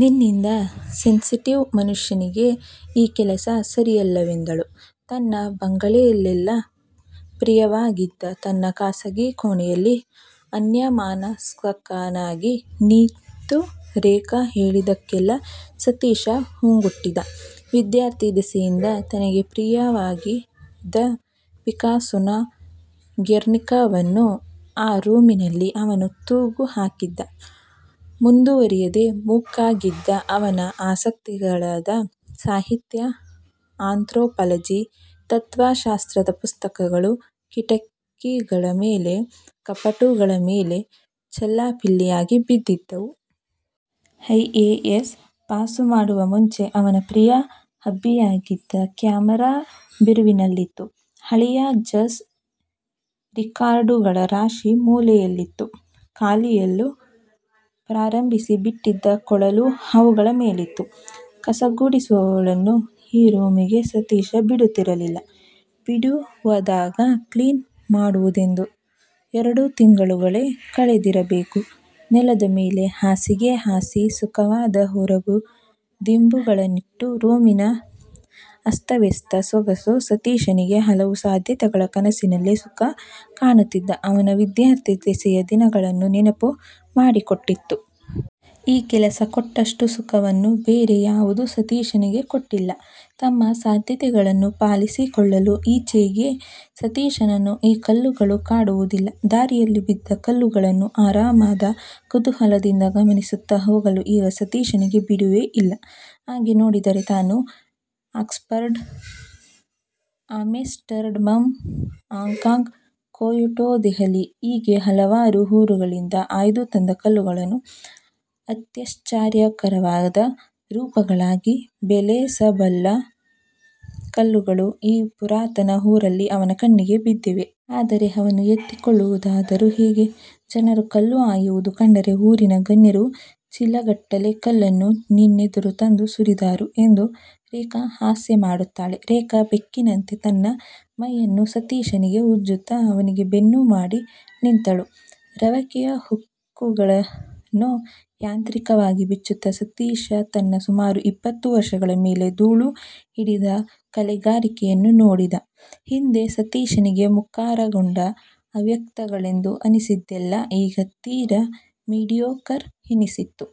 ನಿನ್ನಂಥ ಸೆನ್ಸಿಟಿವ್ ಮನುಷ್ಯನಿಗೆ ಈ ಕೆಲಸ ಸರಿಯಲ್ಲವೆಂದಳು. ತನ್ನ ಬಂಗಲೆಯಲ್ಲೆಲ್ಲ ಪ್ರಿಯವಾಗಿದ್ದ ತನ್ನ ಖಾಸಗಿ ಕೋಣೆಯಲ್ಲಿ ಅನ್ಯಮನಸ್ಕನಾಗಿ ನಿಂತು ರೇಖಾ ಹೇಳಿದ್ದಕ್ಕೆಲ್ಲ ಸತೀಶ ಹೂಗುಟ್ಟಿದ್ದ. ವಿದ್ಯಾರ್ಥಿ ದೆಸೆಯಿಂದ ತನಗೆ ಪ್ರಿಯವಾಗಿದ್ದ ಪಿಕಾಸೋನ ಗೆರ್ನಿಕಾವನ್ನು ಆ ರೂಮಿನಲ್ಲಿ ಅವನು ತೂಗು ಹಾಕಿದ್ದ. ಮುಂದುವರಿಯದೆ ಮುಕ್ಕಾಗಿದ್ದ ಅವನ ಆಸಕ್ತಿಗಳಾದ ಸಾಹಿತ್ಯ, ಆಂಥ್ರೊಪಾಲಜಿ, ತತ್ವ ಶಾಸ್ತ್ರದ ಪುಸ್ತಕಗಳು ಕಿಟಕಿಗಳ ಮೇಲೆ, ಕಪಾಟುಗಳ ಮೇಲೆ ಚೆಲ್ಲಾಪಿಲ್ಲಿಯಾಗಿ ಬಿದ್ದಿದ್ದವು. ಐ. ಎ. ಎಸ್. ಪಾಸುಮಾಡುವ ಮುಂಚೆ ಅವನ ಪ್ರಿಯ ಹಾಬಿಯಾಗಿದ್ದ ಕ್ಯಾಮರಾ ಬೀರುವಿನಲ್ಲಿತ್ತು. ಹಳೆಯ ಜಾಸ್ ರಿಕಾರ್ಡುಗಳ ರಾಶಿ ಮೂಲೆಯಲ್ಲಿತ್ತು. ಕಲಿಯಲು ಪ್ರಾರಂಭಿಸಿ ಬಿಟ್ಟಿದ್ದ ಕೊಳಲು ಅವುಗಳ ಮೇಲಿತ್ತು. ಕಸಗುಡಿಸುವವಳನ್ನೂ ಈ ರೂಂಗೆ ಸತೀಶ ಬಿಡುತ್ತಿರಲಿಲ್ಲ. ಬಿಡುವಾದಾಗ ಕ್ಲೀನ್ ಮಾಡುವುದೆಂದು ಎರಡು ತಿಂಗಳುಗಳೇ ಕಳೆದಿರಬೇಕು. ನೆಲದ ಮೇಲೆ ಹಾಸಿಗೆ ಹಾಸಿ ಸುಖವಾದ ಒರಗು ದಿಂಬುಗಳನ್ನಿಟ್ಟ ರೂಮಿನ ಅಸ್ತವ್ಯಸ್ತ ಸೊಗಸು ಸತೀಶನಗೆ ಹಲವು ಸಾಧ್ಯತೆಗಳ ಕನಸಿನಲ್ಲೆ ಸುಖ ಕಾಣುತ್ತಿದ್ದ ಅವನ ವಿದ್ಯಾರ್ಥಿ ದೆಸೆಯ ದಿನಗಳನ್ನು ನೆನಪು ಮಾಡಿಕೊಟ್ಟಿತು. ಈ ಕೆಲಸ ಕೊಟ್ಟಷ್ಟು ಸುಖವನ್ನು ಬೇರೆ ಯಾವುದೂ ಸತೀಶನಿಗೆ ಕೊಟ್ಟಿಲ್ಲ. ತಮ್ಮ ಸಾಧ್ಯತೆಗಳನ್ನು ಫಲಿಸಿಕೊಳ್ಳಲು ಈಚೆಗೆ ಸತೀಶನನ್ನು ಈ ಕಲ್ಲುಗಳು ಕಾಡುವುದಿಲ್ಲ. ದಾರಿಯಲ್ಲಿ ಬಿದ್ದ ಕಲ್ಲುಗಳನ್ನು ಆರಾಮದ ಕುತೂಹಲದಲ್ಲಿ ಗಮನಿಸುತ್ತ ಹೋಗಲು ಈಗ ಸತೀಶನಿಗೆ ಬಿಡುವೇ ಇಲ್ಲ. ಹಾಗೆ ನೋಡಿದರೆ ತಾನು Oxford, Amsterdam, Hong Kong, Kyoto, Delhi – ಹೀಗೆ ಹಲವಾರು ಊರುಗಳಿಂದ ಆಯ್ದು ತಂದ ಕಲ್ಲುಗಳನ್ನು ಅತ್ಯಾಶ್ಚರ್ಯಕರವಾದ ರೂಪಗಳಾಗಿ ಬೆಳೆಸಬಲ್ಲ ಕಲ್ಲುಗಳು ಈ ಪುರಾತನ ಊರಲ್ಲಿ ಅವನ ಕಣ್ಣಿಗೆ ಬಿದ್ದಿವೆ. ಆದರೆ ಅವನ್ನು ಎತ್ತಿಕೊಳ್ಳುವುದಾದರೂ ಹೇಗೆ? ಜನರು ಕಲ್ಲು ಆಯುವುದು ಕಂಡರೆ ಊರಿನ ಗಣ್ಯರು ಚೀಲಗಟ್ಟಲೆ ಕಲ್ಲನ್ನು ನಿನ್ನೆದುರು ತಂದು ಸುರಿದಾರು ಎಂದು ರೇಖಾ ಹಾಸ್ಯಮಾಡುತ್ತಾಳೆ. ರೇಖಾ ಬೆಕ್ಕಿನಂತೆ ತನ್ನ ಮೈಯನ್ನು ಸತೀಶನಿಗೆ ಉಜ್ಜುತ್ತ, ಅವನಿಗೆ ಬೆನ್ನು ಮಾಡಿ ನಿಂತಳು. ರವಕೆಯ ಹುಕ್ಕುಗಳನ್ನುಯಾಂತ್ರಿಕವಾಗಿ ಬಿಚ್ಚುತ್ತ ಸತೀಶ ತನ್ನ ಸುಮಾರು ಇಪ್ಪತ್ತು ವರ್ಷಗಳ ಮೇಲಿನ ಧೂಳು ಹಿಡಿದ ಕಲೆಗಾರಿಕೆಯನ್ನು ನೋಡಿದ: ಹಿಂದೆ ಸತೀಶನಿಗೆ ಮುಖರಗೊಂಡ ಅವ್ಯಕ್ತಗಳೆಂದು ಅನ್ನಿಸಿದ್ದೆಲ್ಲ ಈಗ ತೀರಾ ಮೀಡಿಯೋಕರ್ ಎನ್ನಿಸಿತು.